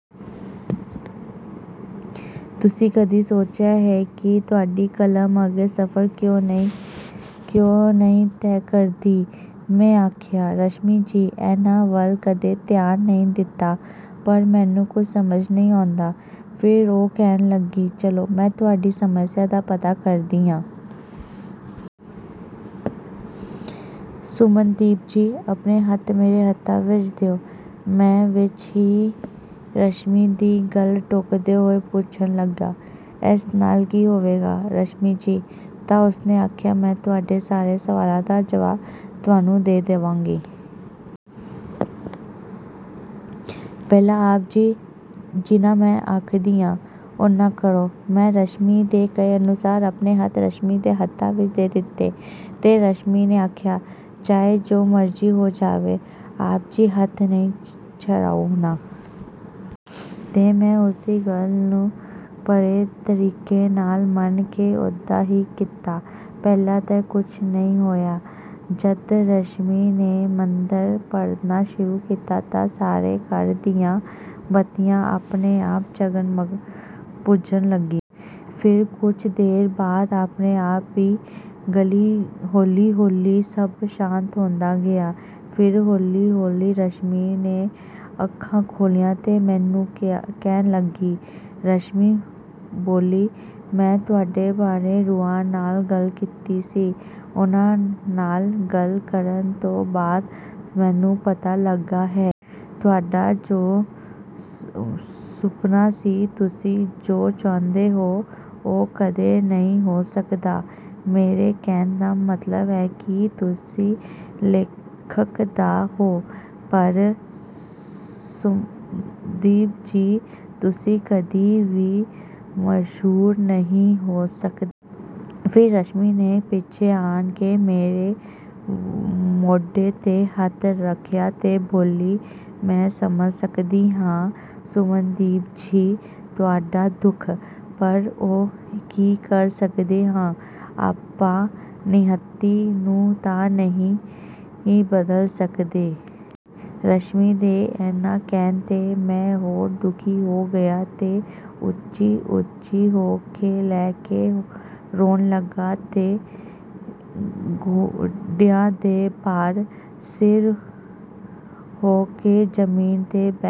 ਕੀ ਤੁਸੀਂ ਕਦੀ ਸੋਚਿਆ ਹੈ ਕਿ ਤੁਹਾਡੀ ਕਲਮ ਅੱਗੇ ਸਫ਼ਰ ਕਿਉਂ ਨਹੀਂ ਤੈਅ ਕਰਦੀ? ਮੈਂ ਆਖਿਆ, "ਰਸ਼ਮੀ ਜੀ, ਇਹਨਾਂ 'ਤੇ ਕਦੀ ਧਿਆਨ ਨਹੀਂ ਦਿੱਤਾ, ਪਰ ਮੈਨੂੰ ਕੁਝ ਸਮਝ ਨਹੀਂ ਆਉਂਦਾ । ਫਿਰ ਉਹ ਕਹਿਣ ਲੱਗੀ, ਚਲੋ, ਮੈਂ ਤੁਹਾਡੀ ਸਮੱਸਿਆ ਦਾ ਪਤਾ ਕਰਦੀ ਹਾਂ। ਸੁਮਨਦੀਪ ਜੀ, ਆਪਣੇ ਹੱਥ ਮੇਰੇ ਹੱਥਾਂ ਵਿੱਚ ਦਿਓ। ਮੈਂ ਵਿਚ ਹੀ ਰਸ਼ਮੀ ਦੀ ਗੱਲ ਟੋਕਦੇ ਹੋਏ ਪੁੱਛਣ ਲੱਗਾ, ਇਸ ਨਾਲ ਕੀ ਹੋਵੇਗਾ, ਰਸ਼ਮੀ ਜੀ? ਤਾਂ ਉਸਨੇ ਆਖਿਆ, ਮੈਂ ਤੁਹਾਡੇ ਸਾਰੇ ਸਵਾਲਾਂ ਦੇ ਜਵਾਬ ਤੁਹਾਨੂੰ ਦੇ ਦੇਵਾਂਗੀ। ਪਹਿਲਾਂ ਆਪ ਜੀ ਜਿੰਨਾਂ ਮੈਂ ਆਖਦੀ ਹਾਂ, ਉਨ੍ਹਾਂ ਕਰੋ। ਮੈਂ ਰਸ਼ਮੀ ਦੇ ਕਹੇ ਅਨੁਸਾਰ ਆਪਣੇ ਹੱਥ ਰਸ਼ਮੀ ਦੇ ਹੱਥਾਂ ਵਿੱਚ ਦੇ ਦਿੱਤੇ ਤੇ ਰਸ਼ਮੀ ਨੇ ਆਖਿਆ, ਚਾਹੇ ਜੋ ਮਰਜ਼ੀ ਹੋ ਜਾਵੇ, ਆਪ ਜੀ ਹੱਥ ਨਹੀਂ ਛਡਾਉਣਾ। ਤੇ ਮੈਂ ਉਸਦੀ ਗੱਲ ਨੂੰ ਪਰੇ ਤਰੀਕੇ ਨਾਲ ਮੰਨ ਕੇ ਓਦਾ ਹੀ ਕੀਤਾ। ਪਹਿਲਾਂ ਤਾਂ ਕੁਝ ਨਹੀਂ ਹੋਇਆ। ਜਦ ਰਸ਼ਮੀ ਨੇ ਮੰਤਰ ਪੜ੍ਹਨਾ ਸ਼ੁਰੂ ਕੀਤਾ ਤਾਂ ਸਾਰੇ ਘਰ ਦੀਆਂ ਬੱਤੀਆਂ ਆਪਣੇ ਆਪ ਜਗਣ-ਬੁਝਣ ਲੱਗੀਆਂ। ਫਿਰ ਕੁਝ ਦੇਰ ਬਾਅਦ ਆਪਣੇ ਆਪ ਹੀ ਹੌਲੀ-ਹੌਲੀ ਸਭ ਸ਼ਾਂਤ ਹੁੰਦਾ ਗਿਆ। ਫਿਰ ਹੌਲੀ-ਹੌਲੀ ਰਸ਼ਮੀ ਨੇ ਅੱਖਾਂ ਖੋਲ੍ਹੀਆਂ ਤੇ ਮੈਨੂੰ ਕਹਿਣ ਲੱਗੀ। ਰਸ਼ਮੀ ਬੋਲੀ, ਮੈਂ ਤੁਹਾਡੇ ਬਾਰੇ ਰੂਹਾਂ ਨਾਲ ਗੱਲ ਕੀਤੀ ਸੀ। ਉਹਨਾਂ ਨਾਲ ਗੱਲ ਕਰਨ ਤੋਂ ਬਾਅਦ ਮੈਨੂੰ ਪਤਾ ਲੱਗਾ ਹੈ। ਤੁਹਾਡਾ ਜੋ ਸੁਪਨਾ ਸੀ ਤੁਸੀਂ ਜੋ ਚਾਹੁੰਦੇ ਹੋ, ਉਹ ਕਦੇ ਨਹੀਂ ਹੋ ਸਕਦਾ। ਮੇਰੇ ਕਹਿਣ ਦਾ ਮਤਲਬ ਹੈ ਕਿ ਤੁਸੀਂ ਲੇਖਕ ਤਾਂ ਹੋ, ਪਰ ਸੁਮਨਦੀਪ ਜੀ, ਤੁਸੀਂ ਕਦੀ ਵੀ ਮਸ਼ਹੂਰ ਨਹੀਂ ਹੋ ਸਕਦੇ। ਫਿਰ ਰਸ਼ਮੀ ਨੇ ਪਿੱਛੋਂ ਆਣ ਕੇ ਮੇਰੇ ਮੋਢੇ 'ਤੇ ਹੱਥ ਰੱਖਿਆ ਤੇ ਬੋਲੀ, ਮੈਂ ਸਮਝ ਸਕਦੀ ਹਾਂ, ਸੁਮਨਦੀਪ ਜੀ, ਤੁਹਾਡਾ ਦੁੱਖ, ਪਰ ਹੁਣ ਕੀ ਕਰ ਸਕਦੇ ਹਾਂ? ਆਪਾਂ ਨੀਅਤੀ ਨੂੰ ਤਾਂ ਨਹੀਂ ਨਾ ਬਦਲ ਸਕਦੇ। ਰਸ਼ਮੀ ਦੇ ਇੰਨਾ ਕਹਿਣ 'ਤੇ ਮੈਂ ਹੋਰ ਦੁਖੀ ਹੋ ਗਿਆ ਤੇ ਉੱਚੀ-ਉੱਚੀ ਹੋ ਕੇ ਲੈ ਕੇ ਰੋਣ ਲੱਗਾ ਤੇ ਗੋਡਿਆਂ ਦੇ ਭਾਰ ਸਿਰ ਹੋ ਕੇ ਜ਼ਮੀਨ 'ਤੇ ਬੈਠ